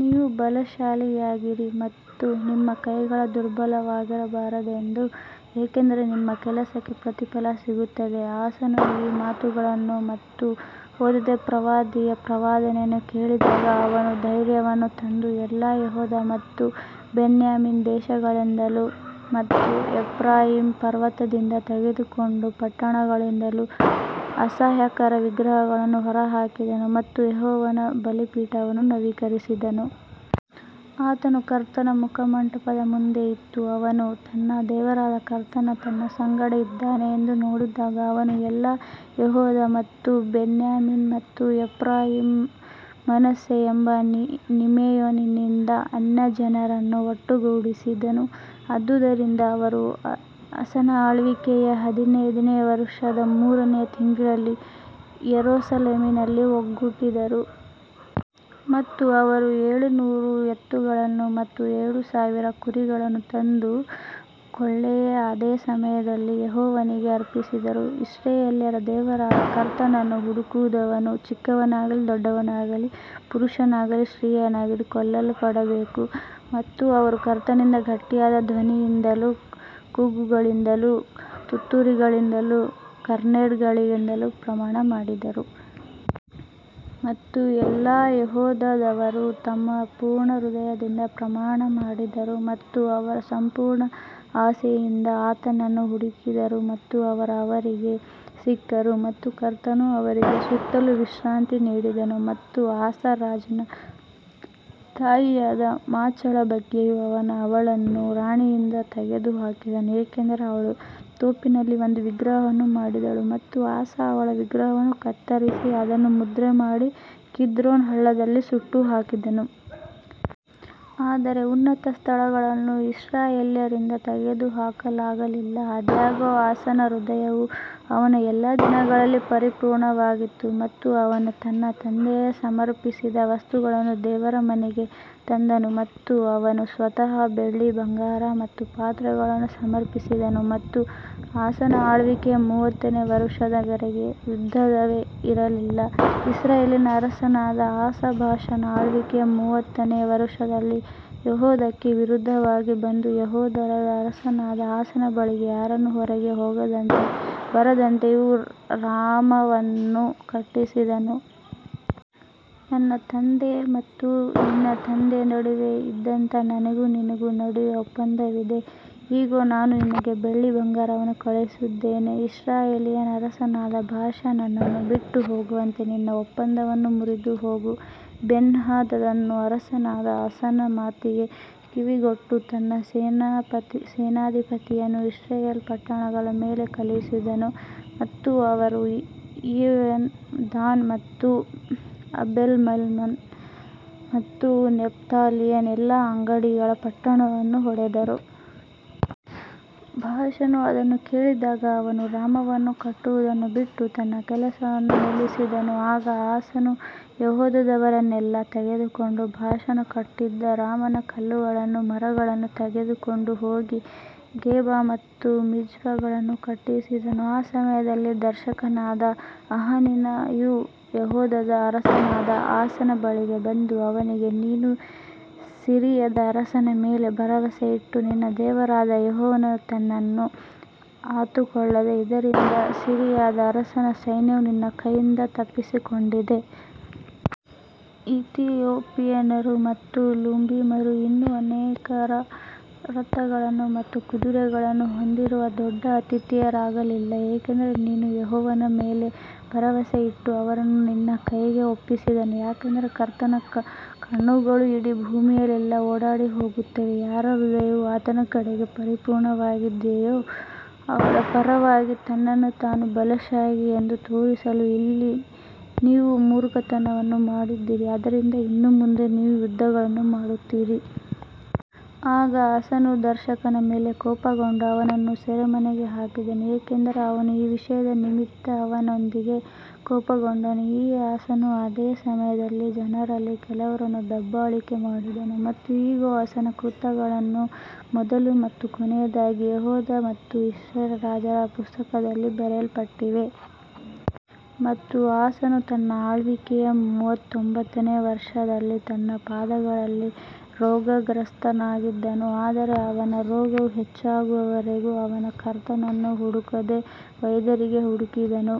ನೀವು ಬಲಶಾಲಿಯಾಗಿರಿ ಮತ್ತು ನಿಮ್ಮ ಕೈಗಳು ದುರ್ಬಲವಾಗಿರಬಾರದು ಏಕೆಂದರೆ ನಿಮ್ಮ ಕೆಲಸಕ್ಕೆ ಪ್ರತಿಫಲ ಸಿಗುತ್ತದೆ ಆಸನು ಈ ಮಾತುಗಳನ್ನು ಮತ್ತು ಓದೆದ ಪ್ರವಾದಿಯ ಪ್ರವಾದನೆಯನ್ನು ಕೇಳಿದಾಗ ಅವನು ಧೈರ್ಯವನ್ನು ತಂದು ಎಲ್ಲಾ ಯೆಹೂದ ಮತ್ತು ಬೆನ್ಯಾಮೀನ್ ದೇಶಗಳಿಂದಲೂ ಮತ್ತು ಎಫ್ರಾಯೀಮ್ ಪರ್ವತದಿಂದ ತೆಗೆದುಕೊಂಡ ಪಟ್ಟಣಗಳಿಂದಲೂ ಅಸಹ್ಯಕರ ವಿಗ್ರಹಗಳನ್ನು ಹೊರಹಾಕಿದನು ಮತ್ತು ಯೆಹೋವನ ಬಲಿಪೀಠವನ್ನು ನವೀಕರಿಸಿದನು. ಅದು ಕರ್ತನ ಮುಖಮಂಟಪದ ಮುಂದೆ ಇತ್ತು ಅವನು ತನ್ನ ದೇವರಾದ ಕರ್ತನು ತನ್ನ ಸಂಗಡ ಇದ್ದಾನೆ ಎಂದು ನೋಡಿದಾಗ ಅವನು ಎಲ್ಲಾ ಯೆಹೂದ ಮತ್ತು ಬೆನ್ಯಾಮೀನ್ ಮತ್ತು ಎಫ್ರಾಯೀಮ್, ಮನಸ್ಸೆ ಮತ್ತು ಸಿಮೆಯೋನಿನಿಂದ ಅನ್ಯಜನರನ್ನು ಒಟ್ಟುಗೂಡಿಸಿದನು. ಆದುದರಿಂದ ಅವರು ಆಸನ ಆಳ್ವಿಕೆಯ ಹದಿನೈದನೆಯ ವರುಷದ ಮೂರನೆಯ ತಿಂಗಳಿನಲ್ಲಿ ಯೆರೂಸಲೇಮಿನಲ್ಲಿ ಒಟ್ಟುಗೂಡಿದರು. ಮತ್ತು ಅವರು ಏಳುನೂರು ಎತ್ತುಗಳನ್ನು ಮತ್ತು ಏಳು ಸಾವಿರ ಕುರಿಗಳನ್ನು ತಂದ ಕೊಳ್ಳೆಯ ಅದೇ ಸಮಯದಲ್ಲಿ ಯೆಹೋವನಿಗೆ ಅರ್ಪಿಸಿದರು. ಇಸ್ರಾಯೇಲ್ಯರ ದೇವರಾದ ಕರ್ತನನ್ನು ಹುಡುಕದವನು ಚಿಕ್ಕವನಾಗಲಿ ದೊಡ್ಡವನಾಗಲಿ ಪುರುಷನಾಗಲಿ ಸ್ತ್ರೀಯಾಗಲಿ ಕೊಲ್ಲಲ್ಪಡಬೇಕು ಮತ್ತು ಅವರು ಕರ್ತನಿಗೆ ಗಟ್ಟಿಯಾದ ಧ್ವನಿಯಿಂದಲೂ ಕೂಗುಗಳಿಂದಲೂ ತುತ್ತೂರಿಗಳಿಂದಲೂ ಕಾರ್ನೆಟ್ಗಳಿಂದಲೂ ಪ್ರಮಾಣ ಮಾಡಿದರು. ಮತ್ತು ಎಲ್ಲಾ ಯೆಹೂದದವರು ತಮ್ಮ ಪೂರ್ಣ ಹೃದಯದಿಂದ ಪ್ರಮಾಣ ಮಾಡಿದರು ಮತ್ತು ಅವರ ಸಂಪೂರ್ಣ ಆಸೆಯಿಂದ ಆತನನ್ನು ಹುಡುಕಿದರು ಮತ್ತು ಅವರು ಅವರಿಗೆ ಸಿಕ್ಕರು ಮತ್ತು ಕರ್ತನು ಅವರಿಗೆ ಸುತ್ತಲೂ ವಿಶ್ರಾಂತಿ ನೀಡಿದನು. ಮತ್ತು ಆಸಾ ರಾಜನ ತಾಯಿಯಾದ ಮಾಚಳ ಬಗ್ಗೆಯೂ ಅವನು ಅವಳನ್ನು ರಾಣಿಯಿಂದ ತೆಗೆದುಹಾಕಿದನು, ಏಕೆಂದರೆ ಅವಳು ತೋಪಿನಲ್ಲಿ ಒಂದು ವಿಗ್ರಹವನ್ನು ಮಾಡಿದಳು ಮತ್ತು ಆಸಾ ಅವಳ ವಿಗ್ರಹವನ್ನು ಕತ್ತರಿಸಿ ಅದನ್ನು ಮುದ್ರೆ ಮಾಡಿ ಕಿದ್ರೋನ್ ಹಳ್ಳದಲ್ಲಿ ಸುಟ್ಟುಹಾಕಿದನು. ಆದರೆ ಉನ್ನತ ಸ್ಥಳಗಳನ್ನು ಇಸ್ರಾಯೇಲ್ಯರಿಂದ ತೆಗೆದುಹಾಕಲಾಗಲಿಲ್ಲ, ಆದಾಗ್ಯೂ ಆಸನ ಹೃದಯವು ಅವನ ಎಲ್ಲಾ ದಿನಗಳಲ್ಲಿ ಪರಿಪೂರ್ಣವಾಗಿತ್ತು ಮತ್ತು ಅವನು ತನ್ನ ತಂದೆ ಸಮರ್ಪಿಸಿದ ವಸ್ತುಗಳನ್ನು ದೇವರ ಮನೆಗೆ ತಂದನು ಮತ್ತು ಅವನು ಸ್ವತಃ ಬೆಳ್ಳಿ, ಬಂಗಾರ ಮತ್ತು ಪಾತ್ರೆಗಳನ್ನು ಸಮರ್ಪಿಸಿದನು. ಮತ್ತು ಆಸನ ಆಳ್ವಿಕೆಯ ಮೂವತ್ತನೇ ವರುಷದ ವರೆಗೆ ಯುದ್ಧವೇ ಇರಲಿಲ್ಲ ಇಸ್ರಾಯೇಲಿನ ಅರಸನಾದ ಆಸಾ ಬಾಷನ ಆಳ್ವಿಕೆಯ ಮೂವತ್ತನೇ ವರುಷದಲ್ಲಿ ಯೆಹೂದಕ್ಕೆ ವಿರೋಧವಾಗಿ ಬಂದು ಯೆಹೂದದ ಅರಸನಾದ ಆಸನ ಬಳಿಗೆ ಯಾರನ್ನೂ ಹೊರಗೆ ಹೋಗದಂತೆಯೂ ಬರದಂತೆಯೂ ರಾಮವನ್ನು ಕಟ್ಟಿಸಿದನು. ನನ್ನ ತಂದೆ ಮತ್ತು ನಿನ್ನ ತಂದೆಯ ನಡುವೆ ಇದ್ದಂತೆ ನನಗೂ ನಿನಗೂ ನಡುವೆ ಒಪ್ಪಂದವಿದೆ ಇಗೋ ನಾನು ನಿನಗೆ ಬೆಳ್ಳಿ ಬಂಗಾರವನ್ನು ಕಳುಹಿಸಿದ್ದೇನೆ ಇಸ್ರಾಯೇಲಿನ ಅರಸನಾದ ಬಾಷಾ ನನ್ನನ್ನು ಬಿಟ್ಟು ಹೋಗುವಂತೆ ನಿನ್ನ ಒಪ್ಪಂದವನ್ನು ಮುರಿದು ಹೋಗು. ಬೆನ್ಹದದನು ಅರಸನಾದ ಆಸನ ಮಾತಿಗೆ ಕಿವಿಗೊಟ್ಟು ತನ್ನ ಸೇನಾಧಿಪತಿಗಳನ್ನು ಇಸ್ರಾಯೇಲ್ ಪಟ್ಟಣಗಳ ಮೇಲೆ ಕಳುಹಿಸಿದನು ಮತ್ತು ಅವರು ಈಯೋನ್, ದಾನ್ ಮತ್ತು ಅಬೆಲ್ಮೈಮ್ ಮತ್ತು ನಫ್ತಾಲಿಯ ಎಲ್ಲಾ ಅಂಗಡಿ ಪಟ್ಟಣಗಳನ್ನು ಹೊಡೆದರು. ಬಾಷನು ಅದನ್ನು ಕೇಳಿದಾಗ ಅವನು ರಾಮವನ್ನು ಕಟ್ಟುವುದನ್ನು ಬಿಟ್ಟು ತನ್ನ ಕೆಲಸವನ್ನು ನಿಲ್ಲಿಸಿದನು ಆಗ ಆಸನು ಯೆಹೂದದವರನ್ನೆಲ್ಲಾ ತೆಗೆದುಕೊಂಡು ಬಾಷನು ಕಟ್ಟುತ್ತಿದ್ದ ರಾಮನ ಕಲ್ಲುಗಳನ್ನೂ ಮರಗಳನ್ನೂ ತೆಗೆದುಕೊಂಡು ಹೋಗಿ ಗೇಬ ಮತ್ತು ಮಿಜ್ಪಗಳನ್ನು ಕಟ್ಟಿಸಿದನು. ಆ ಸಮಯದಲ್ಲಿ ದರ್ಶಕನಾದ ಹನಾನಿಯು ಯೆಹೂದದ ಅರಸನಾದ ಆಸನ ಬಳಿಗೆ ಬಂದು ಅವನಿಗೆ ನೀನು ಸಿರಿಯದ ಅರಸನ ಮೇಲೆ ಭರವಸೆಯಿಟ್ಟು ನಿನ್ನ ದೇವರಾದ ಯೆಹೋವನನ್ನು ಆತುಕೊಳ್ಳದೆ ಇದ್ದದರಿಂದ ಸಿರಿಯಾದ ಅರಸನ ಸೈನ್ಯವು ನಿನ್ನ ಕೈಯಿಂದ ತಪ್ಪಿಸಿಕೊಂಡಿದೆ. ಇಥಿಯೋಪಿಯನರು ಮತ್ತು ಲುಬಿಮರು ಇನ್ನೂ ಅನೇಕ ರಥಗಳು ಮತ್ತು ಕುದುರೆಗಳನ್ನು ಹೊಂದಿರುವ ದೊಡ್ಡ ಆತಿಥೇಯರಾಗಿರಲಿಲ್ಲ, ಏಕೆಂದರೆ ನೀನು ಯೆಹೋವನ ಮೇಲೆ ಭರವಸೆಯಿಟ್ಟು ಅವರನ್ನು ನಿನ್ನ ಕೈಗೆ ಒಪ್ಪಿಸಿದನು. ಯಾಕಂದರೆ ಕರ್ತನ ಕಣ್ಣುಗಳು ಇಡೀ ಭೂಮಿಯಲ್ಲೆಲ್ಲಾ ಓಡಿಹೋಗುತ್ತವೆ, ಯಾರ ಹೃದಯವು ಆತನ ಕಡೆಗೆ ಪರಿಪೂರ್ಣವಾಗಿದೆಯೋ ಅವರ ಪರವಾಗಿ ತನ್ನನ್ನು ತಾನು ಬಲಶಾಲಿ ಎಂದು ತೋರಿಸಲು ಇಲ್ಲಿ ನೀವು ಮೂರ್ಖತನವನ್ನು ಮಾಡಿದ್ದೀರಿ ಆದ್ದರಿಂದ ಇನ್ನು ಮುಂದೆ ನೀವು ಯುದ್ಧಗಳನ್ನು ಮಾಡುತ್ತೀರಿ. ಆಗ ಆಸನು ದರ್ಶಕನ ಮೇಲೆ ಕೋಪಗೊಂಡು ಅವನನ್ನು ಸೆರೆಮನೆಗೆ ಹಾಕಿದನು, ಏಕೆಂದರೆ ಅವನು ಈ ವಿಷಯದ ನಿಮಿತ್ತ ಅವನೊಂದಿಗೆ ಕೋಪಗೊಂಡನು ಮತ್ತು ಆಸನು ಅದೇ ಸಮಯದಲ್ಲಿ ಜನರಲ್ಲಿ ಕೆಲವರನ್ನು ದಬ್ಬಾಳಿಕೆ ಮಾಡಿದನು. ಮತ್ತು ಇಗೋ, ಆಸನ ಕೃತ್ಯಗಳು ಮೊದಲ ಮತ್ತು ಕೊನೆಯದಾಗಿ ಯೆಹೂದ ಮತ್ತು ಇಸ್ರೇಲ್ ರಾಜರ ಪುಸ್ತಕದಲ್ಲಿ ಬರೆಯಲ್ಪಟ್ಟಿವೆ. ಮತ್ತು ಆಸನು ತನ್ನ ಆಳ್ವಿಕೆಯ ಮೂವತ್ತೊಂಬತ್ತನೇ ವರ್ಷದಲ್ಲಿ ತನ್ನ ಪಾದಗಳಲ್ಲಿ ರೋಗಗ್ರಸ್ತನಾಗಿದ್ದನು, ಆದರೆ ಅವನ ರೋಗವು ಹೆಚ್ಚಾಗುವವರೆಗೂ ಅವನು ಕರ್ತನನ್ನು ಹುಡುಕದೆ ವೈದ್ಯರಿಗೆ ಹುಡುಕಿದನು.